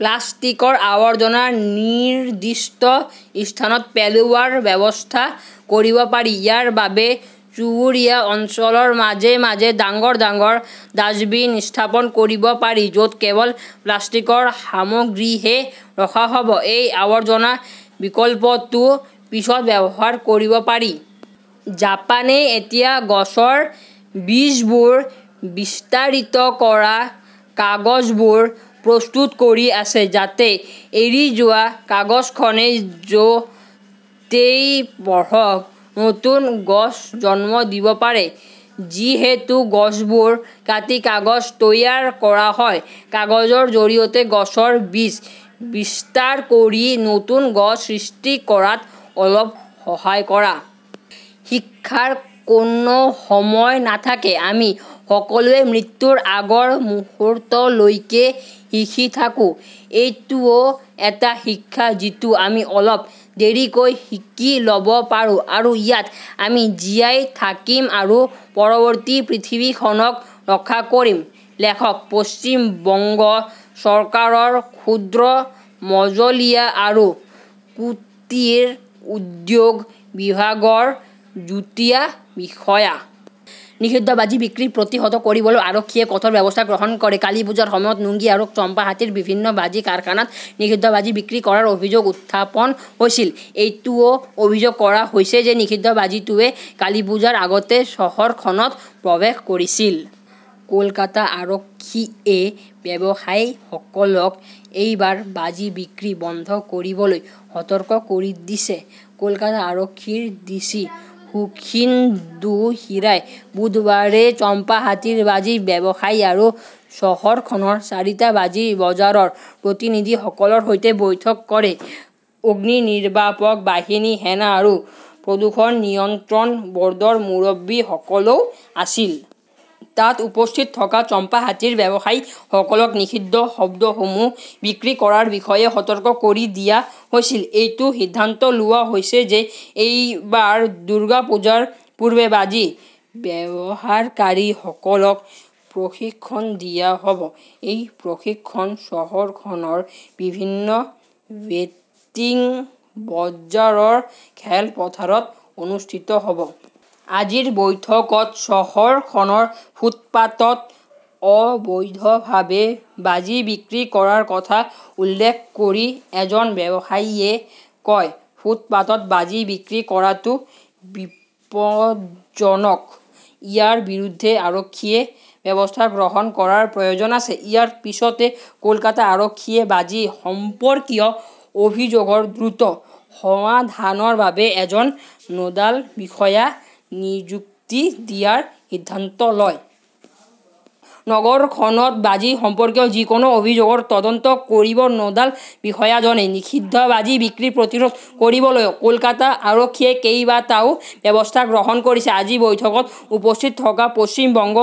প্লাষ্টিকৰ আৱৰ্জনা নিৰ্দিষ্ট স্থানত পেলোৱাৰ ব্যৱস্থা কৰিব পাৰি। ইয়াৰ বাবে চুবুৰীয়া অঞ্চলৰ মাজে-মাজে ডাঙৰ - ডাঙৰ ডাচবিন স্থাপন কৰিব পাৰি য'ত কেৱল প্লাষ্টিকৰ সামগ্ৰীহে ৰখা হ'ব। এই আৱৰ্জনা বিকল্পটো পিছত ব্যৱহাৰ কৰিব পাৰি। জাপানে এতিয়া গছৰ বীজবোৰ বিস্তাৰিত কৰা কাগজবোৰ প্ৰস্তুত কৰি আছে। যাতে এৰি যোৱা কাগজখনে য 'তেই পঢ়ক নতুন গছ জন্ম দিব পাৰে। যিহেতু গছবোৰ কাটি কাগজ তৈয়াৰ কৰা হয়, কাগজৰ জৰিয়তে গছৰ বীজ বিস্তাৰ কৰি নতুন গছ সৃষ্টি কৰাত অলপ সহায় কৰা। শিক্ষাৰ কোনো সময় নাথাকে, আমি সকলোৱে মৃত্যুৰ আগৰ মুহূৰ্তলৈকে শিকি থাকো। এইটোও এটা শিক্ষা যিটো আমি অলপ দেৰিকৈ শিকি ল'ব পাৰো আৰু ইয়াত আমি জীয়াই থাকিম আৰু পৰৱৰ্তী পৃথিৱীখনক ৰক্ষা কৰিম। লেখক পশ্চিম বংগ চৰকাৰৰ ক্ষুদ্ৰ, মজলীয়া আৰু কুটীৰ উদ্যোগ বিভাগৰ যুটীয়া বিষয়া। নিষিদ্ধ বাজি বিক্ৰী প্ৰতিহত কৰিবলৈ আৰক্ষীয়ে কঠোৰ ব্যৱস্থা গ্ৰহণ কৰে কালিপূজাৰ সময়ত নুঙ্গি আৰু চম্পাহাটিৰ বিভিন্ন বাজি কাৰখানাত নিষিদ্ধ বাজি বিক্ৰী কৰাৰ অভিযোগ উত্থাপন হৈছিল। এইটোও অভিযোগ কৰা হৈছে যে নিষিদ্ধ বাজিটোৱে কালিপুজাৰ আগতে চহৰখনত প্ৰৱেশ কৰিছিল। কলকাতা আৰক্ষীয়ে ব্যৱসায়ীসকলক এইবাৰ বাজি বিক্ৰী বন্ধ কৰিবলৈ সতৰ্ক কৰি দিছে। কলকাতা আৰক্ষীৰ ডিচি সুখীন্দু হিৰাই বুধবাৰে চম্পাহাটিৰ বাজি ব্যৱসায়ী আৰু চহৰখনৰ চাৰিটা বাজি বজাৰৰ প্ৰতিনিধিসকলৰ সৈতে বৈঠক কৰে। অগ্নিনিৰ্বাপক বাহিনী, সেনা আৰু প্ৰদূষণ নিয়ন্ত্ৰণ বৰ্ডৰ মুৰব্বীসকলও আছিল। তাত উপস্থিত থকা চম্পাহাটিৰ ব্যৱসায়ীসকলক নিষিদ্ধ শব্দসমূহ বিক্ৰী কৰাৰ বিষয়ে সতৰ্ক কৰি দিয়া হৈছিল। এইটো সিদ্ধান্ত লোৱা হৈছে যে এইবাৰ দুৰ্গা পূজাৰ পূৰ্বে বাজি ব্যৱহাৰকাৰীসকলক প্ৰশিক্ষণ দিয়া হ'ব। এই প্ৰশিক্ষণ চহৰখনৰ বিভিন্ন বেটিং বজাৰৰ খেলপথাৰত অনুষ্ঠিত হ'ব। আজিৰ বৈঠকত চহৰখনৰ ফুটপাতত অবৈধভাৱে বাজি বিক্ৰী কৰাৰ কথা উল্লেখ কৰি এজন ব্যৱসায়ীয়ে কয়, ফুটপাতত বাজি বিক্ৰী কৰাটো বিপজ্জনক। ইয়াৰ বিৰুদ্ধে আৰক্ষীয়ে ব্যৱস্থা গ্ৰহণ কৰাৰ প্ৰয়োজন আছে। ইয়াৰ পিছতে কলকাতা আৰক্ষীয়ে বাজি সম্পৰ্কীয় অভিযোগৰ দ্ৰুত সমাধানৰ বাবে এজন নোডাল বিষয়া নিযুক্তি দিয়াৰ সিদ্ধান্ত লয়। নগৰখনত বাজি সম্পৰ্কীয় যিকোনো অভিযোগৰ তদন্ত কৰিব নোডাল বিষয়াজনে। নিষিদ্ধ বাজি বিক্ৰী প্ৰতিৰোধ কৰিবলৈ কলকাতা আৰক্ষীয়ে কেইবাটাও ব্যৱস্থা গ্ৰহণ কৰিছে, আজি বৈঠকত উপস্থিত থকা পশ্চিম বংগ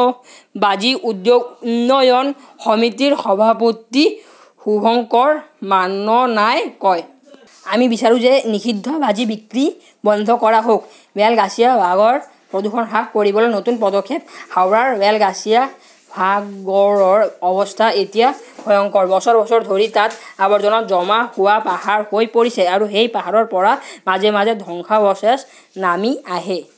বাজি উদ্যোগ উন্নয়ন সমিতিৰ সভাপতি শুভঙ্কাৰ মাননাই কয়। আমি বিচাৰো যে নিষিদ্ধ বাজি বিক্ৰী বন্ধ কৰা হওক। বেলগাছিয়া ৱাগৰ প্ৰদূষণ হ্ৰাস কৰিবলৈ নতুন পদক্ষেপ হাওৰাৰ বেলগাছিয়া ভাগড়ৰ অৱস্থা এতিয়া ভয়ংকৰ বছৰ - বছৰ ধৰি তাত আৱৰ্জনা জমা হোৱা পাহাৰ হৈ পৰিছে। আৰু সেই পাহাৰৰ পৰা মাজে মাজে ধ্বংসাৱশেষ নামি আহে।